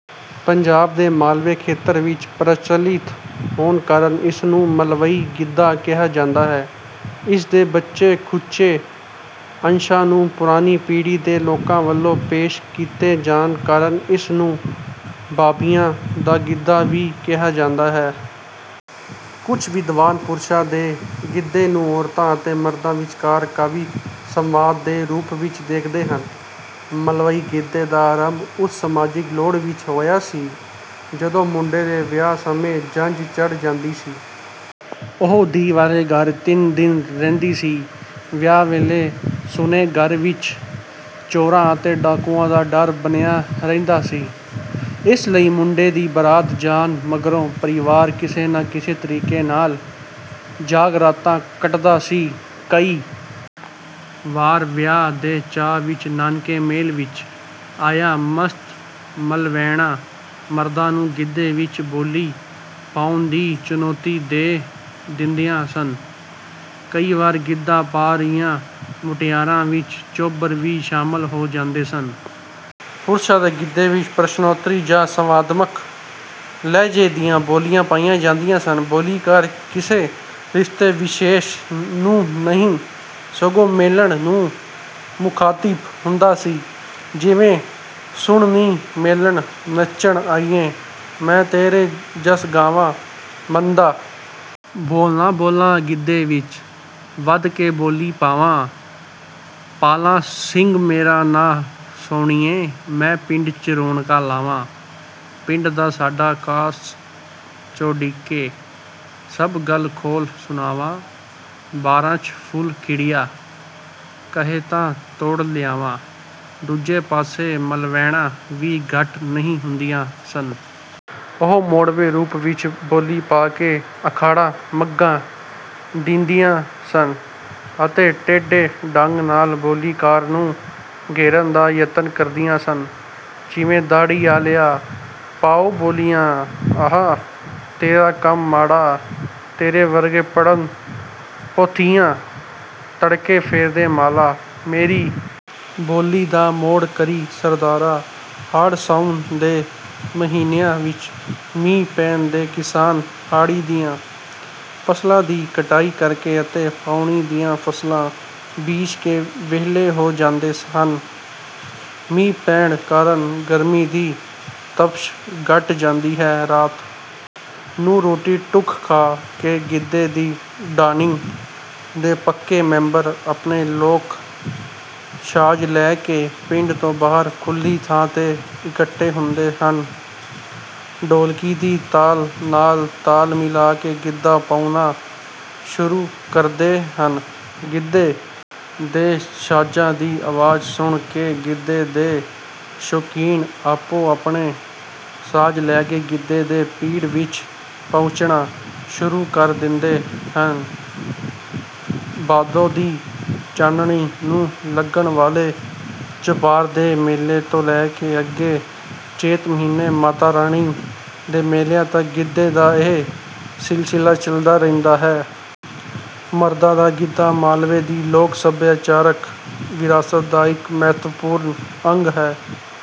ਪੰਜਾਬ ਦੇ ਮਾਲਵੇ ਖੇਤਰ ਵਿੱਚ ਪ੍ਰਚੱਲਿਤ ਹੋਣ ਕਾਰਨ ਇਸ ਨੂੰ ਮਲਵਈ ਗਿੱਧਾ ਕਿਹਾ ਜਾਂਦਾ ਹੈ। ਇਸ ਦੇ ਬਚੇ-ਖੁਚੇ ਅੰਸ਼ਾਂ ਨੂੰ ਪੁਰਾਣੀ ਪੀੜ੍ਹੀ ਦੇ ਲੋਕਾਂ ਵੱਲੋਂ ਪੇਸ਼ ਕੀਤੇ ਜਾਣ ਕਾਰਨ ਇਸ ਨੂੰ ਬਾਬਿਆਂ ਦਾ ਗਿੱਧਾ ਵੀ ਕਿਹਾ ਜਾਂਦਾ ਹੈ। ਕੁਝ ਵਿਦਵਾਨ ਪੁਰਸ਼ਾਂ ਦੇ ਗਿੱਧੇ ਨੂੰ ਔਰਤਾਂ ਅਤੇ ਮਰਦਾਂ ਵਿਚਕਾਰ ਕਾਵਿਕ ਸੰਵਾਦ ਦੇ ਰੂਪ ਵਿੱਚ ਦੇਖਦੇ ਹਨ। ਮਲਵਈ ਗਿੱਧੇ ਦਾ ਆਰੰਭ ਉਸ ਸਮਾਜਿਕ ਲੋੜ ਵਿੱਚ ਹੋਇਆ ਸੀ, ਜਦੋਂ ਮੁੰਡੇ ਦੇ ਵਿਆਹ ਸਮੇਂ ਜੰਝ ਚੜ੍ਹ ਜਾਂਦੀ ਸੀ। ਉਹ ਧੀ ਵਾਲੇ ਘਰ ਤਿੰਨ ਦਿਨ ਰਹਿੰਦੀ ਸੀ। ਵਿਆਹ ਵੇਲੇ ਸੁੰਨੇ ਘਰ ਵਿੱਚ ਚੋਰਾਂ ਅਤੇ ਡਾਕੂਆਂ ਦਾ ਡਰ ਬਣਿਆ ਰਹਿੰਦਾ ਸੀ। ਇਸ ਲਈ ਮੁੰਡੇ ਦੀ ਬਰਾਤ ਜਾਣ ਮਗਰੋਂ ਪਰਿਵਾਰ ਕਿਸੇ ਨਾ ਕਿਸੇ ਤਰੀਕੇ ਨਾਲ ਜਾਗਰਾਤਾ ਕੱਟਦਾ ਸੀ। ਕਈ ਵਾਰ ਵਿਆਹ ਦੇ ਚਾਅ ਵਿੱਚ ਨਾਨਕੇ ਮੇਲ ਵਿੱਚ ਆਈਆਂ ਮਸਤ-ਮਲਵੈਣਾਂ ਮਰਦਾਂ ਨੂੰ ਗਿੱਧੇ ਵਿੱਚ ਬੋਲੀ ਪਾਉਣ ਦੀ ਚੁਣੌਤੀ ਦੇ ਦਿੰਦੀਆਂ ਸਨ। ਕਈ ਵਾਰ ਗਿੱਧਾ ਪਾ ਰਹੀਆਂ ਮੁਟਿਆਰਾਂ ਵਿੱਚ ਚੋਬਰ ਵੀ ਸ਼ਾਮਲ ਹੋ ਜਾਂਦੇ ਸਨ। ਪੁਰਸ਼ਾਂ ਦੇ ਗਿੱਧੇ ਵਿੱਚ ਪ੍ਰਸ਼ਨੋੱਤਰੀ ਜਾਂ ਸੰਵਾਦਮਕ ਲਹਿਜ਼ੇ ਦੀਆਂ ਬੋਲੀਆਂ ਪਾਈਆਂ ਜਾਂਦੀਆਂ ਸਨ। ਬੋਲੀਕਾਰ ਕਿਸੇ ਰਿਸ਼ਤੇ-ਵਿਸ਼ੇਸ਼ ਨੂੰ ਨਹੀਂ, ਸਗੋਂ ਮੇਲਣ ਨੂੰ ਮੁਖਾਤਿਬ ਹੁੰਦਾ ਸੀ। ਜਿਵੇ ਸੁਣ ਨੀ ਮੇਲਣ ਨੱਚਣ ਆਈਏ, ਮੈਂ ਤੇਰੇ ਜੱਸ ਗਾਵਾਂ। ਮੰਦਾ ਬੋਲ ਨਾ ਬੋਲਾ ਗਿੱਧੇ ਵਿੱਚ, ਵੱਧ ਕੇ ਬੋਲੀ ਪਾਵਾਂ। ਪਾਲਾ ਸਿੰਘ ਮੇਰਾ ਨਾਂ ਸੋਹਣੀਏ, ਮੈਂ ਪਿੰਡ ’ਚ ਰੌਣਕਾਂ ਲਾਵਾਂ। ਪਿੰਡ ਤਾਂ ਸਾਡਾ ਖਾਸ ਚੋਡੀਕੇ, ਸਭ ਗੱਲ ਖੋਲ੍ਹ ਸੁਣਾਵਾਂ। ਬਾਰਾਂ ’ਚ ਫੁੱਲ ਖਿੜਿਆ, ਕਹੇ ਤਾਂ ਤੋੜ ਲਿਆਵਾਂ। ਦੂਜੇ ਪਾਸੇ ਮਲਵੈਣਾਂ ਵੀ ਘੱਟ ਨਹੀਂ ਹੁੰਦੀਆਂ ਸਨ। ਉਹ ਮੋੜਵੇਂ ਰੂਪ ਵਿੱਚ ਬੋਲੀ ਪਾ ਕੇ ਅਖਾੜਾ ਮਘਾ ਦਿੰਦੀਆਂ ਸਨ ਅਤੇ ਟੇਢੇ ਢੰਗ ਨਾਲ ਬੋਲੀਕਾਰ ਨੂੰ ਘੇਰਨ ਦਾ ਯਤਨ ਕਰਦੀਆਂ ਸਨ। ਜਿਵੇਂ ਦਾੜ੍ਹੀ ਆਲਿਆ, ਪਾ ਉਂ ਬੋਲੀਆਂ, ਆਹ ਤੇਰਾ ਕੰਮ ਮਾੜਾ। ਤੇਰੇ ਵਰਗੇ ਪੜ੍ਹਨ ਪੋਥੀਆਂ, ਤੜਕੇ ਫੇਰਦੇ ਮਾਲਾ। ਮੇਰੀ ਬੋਲੀ ਦਾ ਮੋੜ ਕਰੀਂ, ਸਰਦਾਰਾ। ਹਾੜ੍ਹ-ਸਾਉਣ ਦੇ ਮਹੀਨਿਆਂ ਵਿੱਚ ਮੀਂਹ ਪੈਣ ’ਤੇ ਕਿਸਾਨ ਹਾੜੀ ਦੀਆਂ ਫ਼ਸਲਾਂ ਦੀ ਕਟਾਈ ਕਰਕੇ ਅਤੇ ਪਾਉਣੀ ਦੀਆਂ ਫ਼ਸਲਾਂ ਬੀਜ ਕੇ ਵਿਹਲੇ ਹੋ ਜਾਂਦੇ ਹਨ। ਮੀਂਹ ਪੈਣ ਕਾਰਨ ਗਰਮੀ ਦੀ ਤਪਸ਼ ਘੱਟ ਜਾਂਦੀ ਹੈ। ਰਾਤ ਨੂੰ ਰੋਟੀ-ਟੁੱਕ ਖਾ ਕੇ ਗਿੱਧੇ ਦੀ ਢਾਣੀ ਦੇ ਪੱਕੇ ਮੈਂਬਰ ਆਪਣੇ ਲੋਕ-ਸਾਜ਼ ਲੈ ਕੇ ਪਿੰਡ ਤੋਂ ਬਾਹਰ ਖੁੱਲ੍ਹੀ ਥਾਂ ’ਤੇ ਇਕੱਠੇ ਹੁੰਦੇ ਹਨ। ਢੋਲਕੀ ਦੀ ਤਾਲ ਨਾਲ ਤਾਲ ਮਿਲਾ ਕੇ ਗਿੱਧਾ ਪਾਉਣਾ ਸ਼ੁਰੂ ਕਰਦੇ ਹਨ। ਗਿੱਧੇ ਦੇ ਸਾਜ਼ਾਂ ਦੀ ਆਵਾਜ਼ ਸੁਣ ਕੇ ਗਿੱਧੇ ਦੇ ਸ਼ੌਕੀਨ ਆਪੋ-ਆਪਣੇ ਸਾਜ਼ ਲੈ ਕੇ ਗਿੱਧੇ ਦੇ ਪਿੜ ਵਿੱਚ ਪਹੁੰਚਣਾ ਸ਼ੁਰੂ ਕਰ ਦਿੰਦੇ ਹਨ। ਭਾਦੋਂ ਦੀ ਚਾਨਣੀ ਨੂੰ ਲੱਗਣ ਵਾਲੇ ਛਪਾਰ ਦੇ ਮੇਲੇ ਤੋਂ ਲੈ ਕੇ ਅੱਗੇ ਚੇਤ ਮਹੀਨੇ ਮਾਤਾ ਰਾਣੀ ਦੇ ਮੇਲਿਆਂ ਤੱਕ ਗਿੱਧੇ ਦਾ ਇਹ ਸਿਲਸਿਲਾ ਚੱਲਦਾ ਰਹਿੰਦਾ ਹੈ। ਮਰਦਾਂ ਦਾ ਗਿੱਧਾ ਮਾਲਵੇ ਦੀ ਲੋਕ-ਸੱਭਿਆਚਾਰਕ ਵਿਰਾਸਤ ਦਾ ਇੱਕ ਮਹੱਤਵਪੂਰਨ ਅੰਗ ਹੈ।